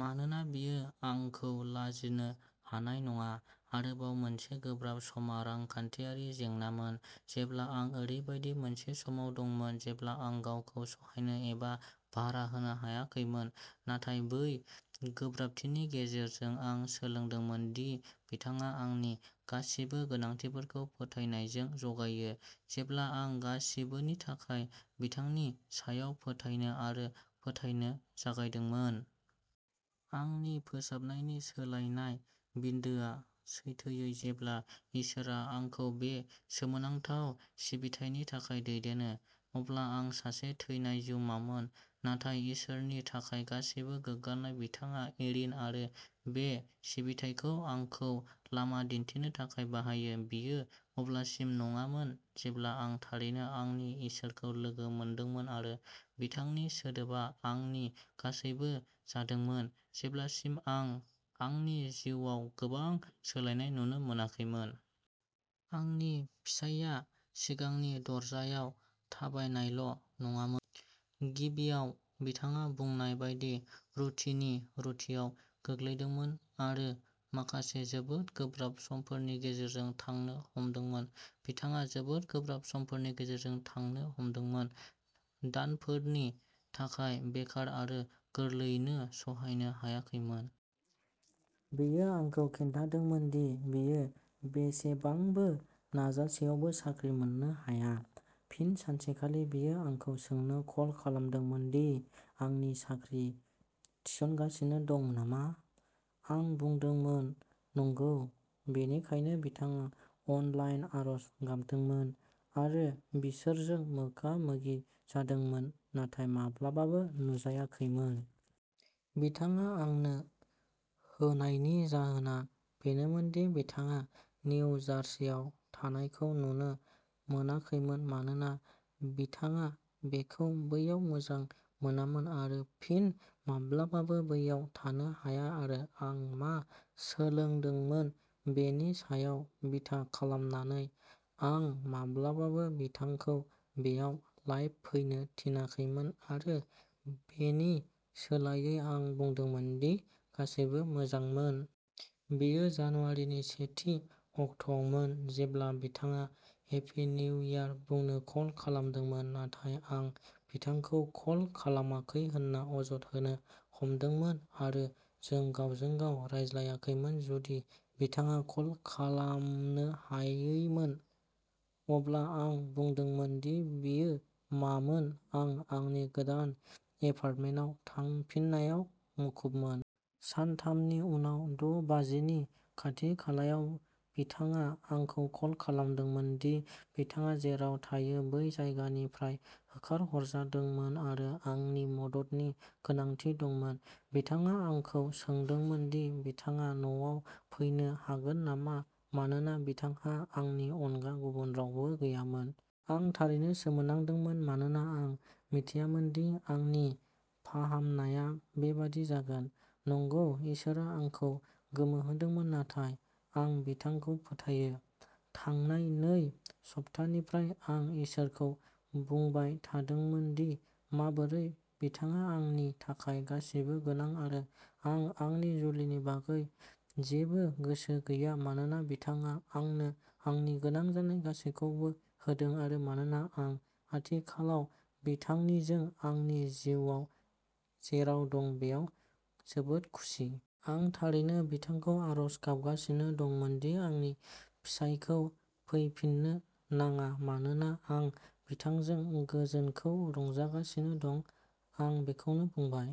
मानोना बियो आंखौ लाजिनो हानाय नङा। आरोबाव मोनसे गोब्राब समा रांखान्थियारि जेंनामोन, जेब्ला आं ओरैबायदि मोनसे समाव दंमोन जेब्ला आं गावखौ सहायनो एबा भारा होनो हायाखैमोन। नाथाय बै गोब्राबथिनि गेजेरजों आं सोलोंदोंमोन दि बिथाङा आंनि गासिबो गोनांथिफोरखौ फोथायनायजों जगायो, जेब्ला आं गासिबोनि थाखाय बिथांनि सायाव फोथायनो आरो फोथायनो जागायदोंमोन। आंनि फोसाबनायनि सोलायनाय बिन्दोआ सैथोयै जेब्ला इसोरआ आंखौ बे सोमोनांथाव सिबिथायनि थाखाय दैदेनो। अब्ला आं सासे थैनाय जिउमामोन, नाथाय इसोरनि थाखाय गासिबो गोग्गानाय बिथाङा एरिन आरो बे सिबिथायखौ आंखौ लामा दिन्थिनो थाखाय बाहायो बेयो अब्लासिम नङामोन जेब्ला आं थारैनो आंनि इसोरखौ लोगो मोनदोंमोन आरो बिथांनि सोदोबआ आंनि गासैबो जादोंमोन, जेब्लासिम आं आंनि जिउआव गोबां सोलायनाय नुनो मोनाखैमोन। आंनि फिसायआ सिगांनि दरजायाव थाबायनायल' नङामोन। गिबियाव, बिथाङा बुंनाय बायदि रुटिनि रुटिआव गोग्लैदोंमोन आरो माखासे जोबोद गोब्राब समफोरनि गेजेरजों थांनो हमदोंमोन। बिथाङा जोबोद गोब्राब समफोरनि गेजेरजों थांनो हमदोंमोन। दानफोरनि थाखाय बेकार आरो गोरलैयैनो सहायनो हायाखैमोन। बियो आंखौ खिन्थादोंमोन दि बियो बेसेबांबो नाजासेयावबो साख्रि मोननो हाया। फिन सानसेखालि बियो आंखौ सोंनो कल खालामदोंमोन दि आंनि साख्रि थिसनगासिनो दं नामा। आं बुंदोंमोन नंगौ, बेनिखायनो बिथाङा अनलाइन आरज गाबदोंमोन आरो बिसोरजों मोगा-मोगि जादोंमोन नाथाय माब्लाबाबो नुजायाखैमोन। बिथाङा आंनो होनायनि जाहोना बेनोमोन दि बिथाङा निउ जार्सीआव थानायखौ नुनो मोनाखैमोन मानोना बिथाङा बेखौ बैयाव मोजां मोनामोन आरो फिन माब्लाबाबो बैयाव थानो हाया आरो आं मा सोलोंदोंमोन बेनि सायाव बिथा खालामनानै, आं माब्लाबाबो बिथांखौ बेयाव लाइभ फैनो थिनाखैमोन आरो बेनि सोलायै आं बुंदोंमोन दि गासैबो मोजांमोन। बेयो जानुवारिनि सेथि अक्ट'आवमोन जेब्ला बिथाङा हेपि निउ इयार बुंनो कल खालामदोंमोन नाथाय आं बिथांखौ कल खालामाखै होनना अजद होनो हमदोंमोन आरो जों गावजों-गाव रायज्लायाखैमोन जुदि बिथाङा कल खालामनो हायैमोन। अब्ला आं बुंदोंमोन दि बेयो मानोना आं आंनि गोदान एपार्टमेन्टआव थांफिननायाव मुखुबमोन। सानथामनि उनाव द' बाजिनि खाथि-खालायाव बिथाङा आंखौ कल खालामदोंमोन दि बिथाङा जेराव थायो बै जायगानिफ्राय होखारहरजादोंमोन आरो आंनि मददनि गोनांथि दंमोन। बिथाङा आंखौ सोंदोंमोन दि बिथाङा न'आव फैनो हागोन नामा मानोना बिथांहा आंनि अनगा गुबुन रावबो गैयामोन। आं थारैनो सोमोनांदोंमोन मानोना आं मिथियामोन दि आंनि फाहामनाया बेबादि जागोन। नंगौ, इसोरआ आंखौ गोमोहोदोंमोन नाथाय आं बिथांखौ फोथायो। थांनाय नै सप्तानिफ्राय आं इसोरनो बुंबाय थादोंमोन दि माबोरै बिथाङा आंनि थाखाय गासिबो गोनां आरो आं आंनि जुलिनि बागै जेबो गोसो गैया मानोना बिथाङा आंनो आंनि गोनां जानाय गासैबोखौ होदों आरो मानोना आं आथिखालाव बिथांनिजों आंनि जिउआव जेराव दं बेयाव जोबोद खुसि। आं थारैनो बिथांखौ आरज गाबगासिनो दंमोन दि आंनि फिसायखौ फैफिननो नाङा मानोना आं बिथांजों गोजोनखौ रंजागासिनो दं। आं बेखौबो बुंबाय।